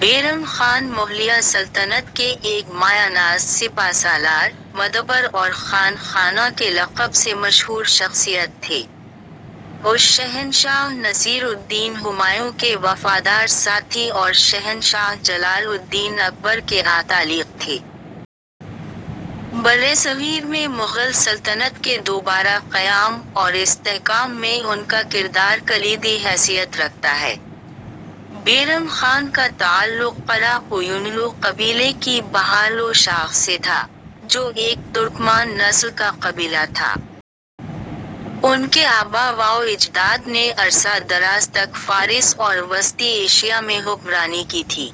بیرم خان مغلیہ سلطنت کے ایک مایہ ناز سپہ سالار ، مدبر اور خانِ خاناں کے لقب سے مشہور شخصیت تھے۔ وہ شہنشاہ نصیر الدین ہمایوں کے وفادار ساتھی اور شہنشاہ جلال الدین اکبر کے اتالیق تھے۔ برصغیر میں مغل سلطنت کے دوبارہ قیام اور استحکام میں ان کا کردار کلیدی حیثیت رکھتا ہے۔ بیرم خان کا تعلق قرا قویونلو قبیلے کی بہارلو شاخ سے تھا، جو ایک ترکمان نسل کا قبیلہ تھا۔ ان کے آبا و اجداد نے عرصہ دراز تک فارس اور وسطی ایشیا میں حکمرانی کی تھی۔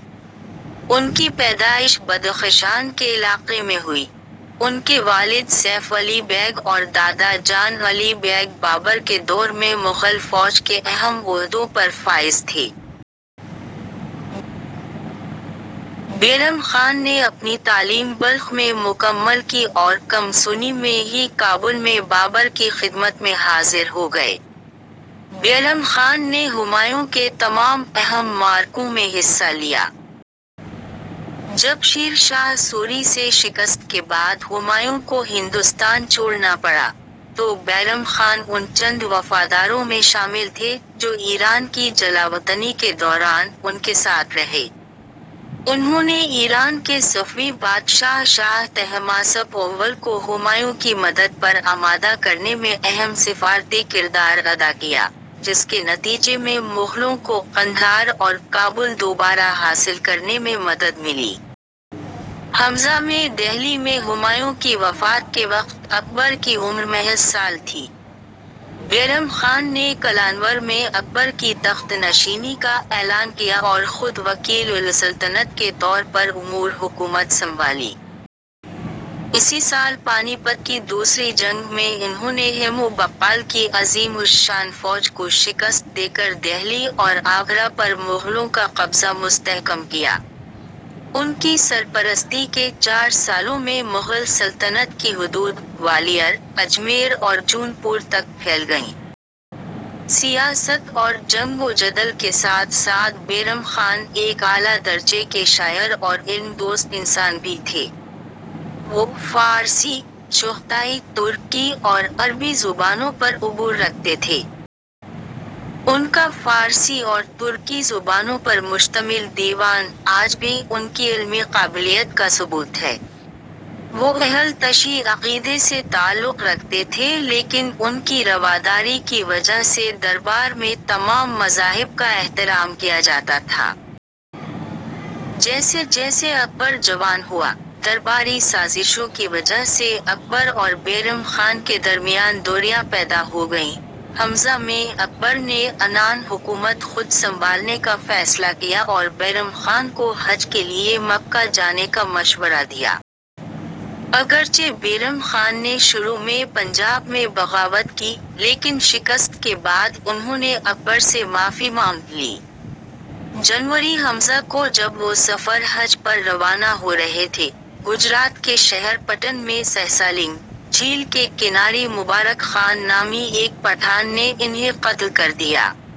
ان کی پیدائش بدخشان کے علاقے میں ہوئی۔ ان کے والد سیف علی بیگ اور دادا جان علی بیگ بابر کے دور میں مغل فوج کے اہم عہدوں پر فائز تھے۔ بیرم خان نے اپنی تعلیم بلخ میں مکمل کی اور کم سنی میں ہی کابل میں بابر کی خدمت میں حاضر ہو گئے۔ بیرم خان نے ہمایوں کے تمام اہم معرکوں میں حصہ لیا۔ جب شیر شاہ سوری سے شکست کے بعد ہمایوں کو ہندوستان چھوڑنا پڑا، تو بیرم خان ان چند وفاداروں میں شامل تھے جو ایران کی جلاوطنی کے دوران ان کے ساتھ رہے۔ انھوں نے ایران کے صفوی بادشاہ شاہ طہماسپ اول کو ہمایوں کی مدد پر آمادہ کرنے میں اہم سفارتی کردار ادا کیا، جس کے نتیجے میں مغلوں کو قندھار اور کابل دوبارہ حاصل کرنے میں مدد ملی۔ ء میں دہلی میں ہمایوں کی وفات کے وقت اکبر کی عمر محض سال تھی۔ بیرم خان نے کلانور میں اکبر کی تخت نشینی کا اعلان کیا اور خود وکیل السلطنت کے طور پر امورِ حکومت سنبھالے۔ اسی سال پانی پت کی دوسری جنگ میں انھوں نے ہیمو بقال کی عظیم الشان فوج کو شکست دے کر دہلی اور آگرہ پر مغلوں کا قبضہ مستحکم کیا۔ ان کی سرپرستی کے چار سالوں میں مغل سلطنت کی حدود گوالیار ، اجمیر اور جون پور تک پھیل گئیں۔ سیاست اور جنگ و جدل کے ساتھ ساتھ بیرم خان ایک اعلیٰ درجے کے شاعر اور علم دوست انسان بھی تھے۔ وہ فارسی ، چغتائی ترکی اور عربی زبانوں پر عبور رکھتے تھے۔ ان کا فارسی اور ترکی زبانوں پر مشتمل دیوان آج بھی ان کی علمی قابلیت کا ثبوت ہے۔ وہ اہل تشیع عقیدے سے تعلق رکھتے تھے لیکن ان کی رواداری کی وجہ سے دربار میں تمام مذاہب کا احترام کیا جاتا تھا۔ جیسے جیسے اکبر جوان ہوا، درباری سازشوں کی وجہ سے اکبر اور بیرم خان کے درمیان دوریاں پیدا ہو گئیں۔ ء میں اکبر نے عنانِ حکومت خود سنبھالنے کا فیصلہ کیا اور بیرم خان کو حج کے لیے مکہ جانے کا مشورہ دیا۔ اگرچہ بیرم خان نے شروع میں پنجاب میں بغاوت کی، لیکن شکست کے بعد انھوں نے اکبر سے معافی مانگ لی۔ جنوری ء کو جب وہ سفرِ حج پر روانہ ہو رہے تھے، گجرات کے شہر پٹن میں "سہسہ لنگ" جھیل کے کنارے مبارک خان نامی ایک پٹھان نے انھیں قتل کر دیا۔